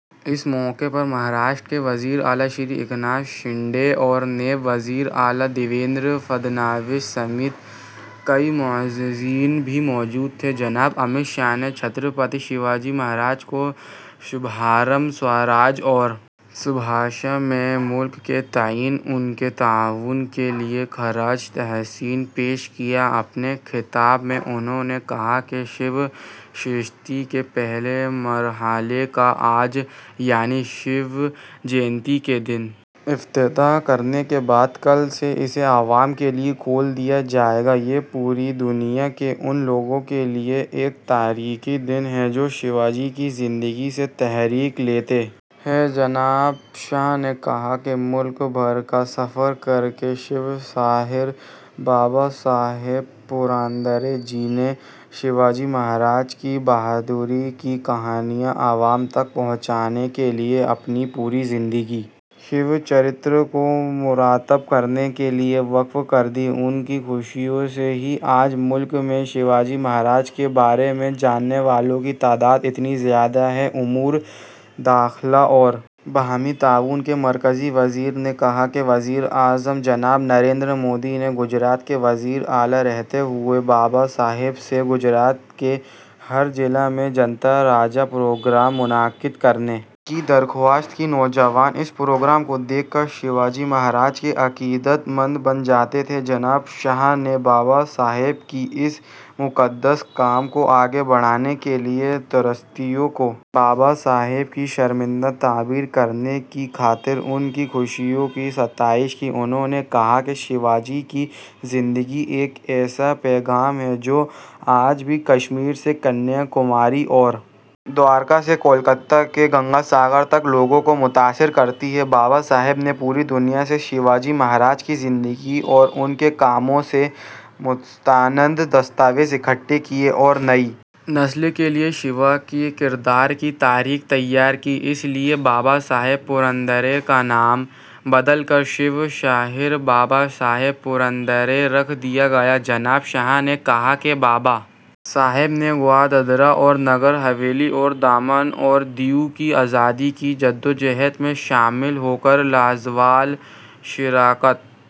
اس موقع پر مہاراشٹر کے وزیر اعلی شری ایکناتھ شندے اور نائب وزیر اعلیٰ دیویندر فڑنویس سمیت کئی معززین بھی موجود تھے جناب امت شاہ نے چھترپتی شیواجی مہاراج کو سودھرم سوراج اور سوبھاشا میں ملک کے تئیں ان کے تعاون کے لیے خراج تحسین پیش کیا اپنے خطاب میں انہوں نے کہا کہ شیو سرشتی کے پہلے مرحلے کا آج یعنی شیو جینتی کے دن افتتاح کرنے کے بعد کل سے اسے عوام کے لیے کھول دیا جائے گا یہ پوری دنیا کے ان لوگوں کے لیے ایک تاریخی دن ہے جو شیواجی کی زندگی سے تحریک لیتے ہیں جناب شاہ نے کہا کہ ملک بھر کا سفر کر کے شیو شاہیر بابا صاحب پورندرے جی نے شیواجی مہاراج کی بہادری کی کہانیاں عوام تک پہنچانے کے لیے اپنی پوری زندگی شیو چرتر کو مرتب کرنے کے لیے وقف کر دی ان کی کوششوں سے ہی آج ملک میں شیواجی مہاراج کے بارے میں جاننے والوں کی تعداد اتنی زیادہ ہے امور داخلہ اور باہمی تعاون کے مرکزی وزیر نے کہا کہ وزیر اعظم جناب نریندر مودی نے گجرات کے وزیر اعلیٰ رہتے ہوئے بابا صاحب سے گجرات کے ہر ضلع میں جنتا راجہ پروگرام منعقد کرنے کی درخواست کی نوجوان اس پروگرام کو دیکھ کر شیواجی مہاراج کے عقیدت مند بن جاتے تھے جناب شاہ نے بابا صاحب کے اس مقدس کام کو آگے بڑھانے کے لیے ٹرسٹیوں کو بابا صاحب کے شرمندہ تعبیر کرنے کی خاطر ان کی کوششوں کی ستائش کی انہوں نے کہا کہ شیواجی کی زندگی ایک ایسا پیغام ہے جو آج بھی کشمیر سے کنیا کماری اور دوارکا سے کلکتہ کے گنگا ساگر تک لوگوں کو متاثر کرتی ہے بابا صاحب نے پوری دنیا سے شیواجی مہاراج کی زندگی اور ان کے کاموں کے مستند دستاویز اکٹھے کیے اور نئی نسل کے لیے شیوا کے کردار کی تاریخ تیار کی اسی لیے بابا صاحب پورندرے کا نام بدل کر شیو شاہیر بابا صاحب پورندرے رکھ دیا گیا جناب شاہ نے کہا کہ بابا صاحب نے گوا دادرا اور نگر حویلی اور دمن اور دیو کی آزادی کی جدوجہد میں شامل ہو کر لازوال شراکت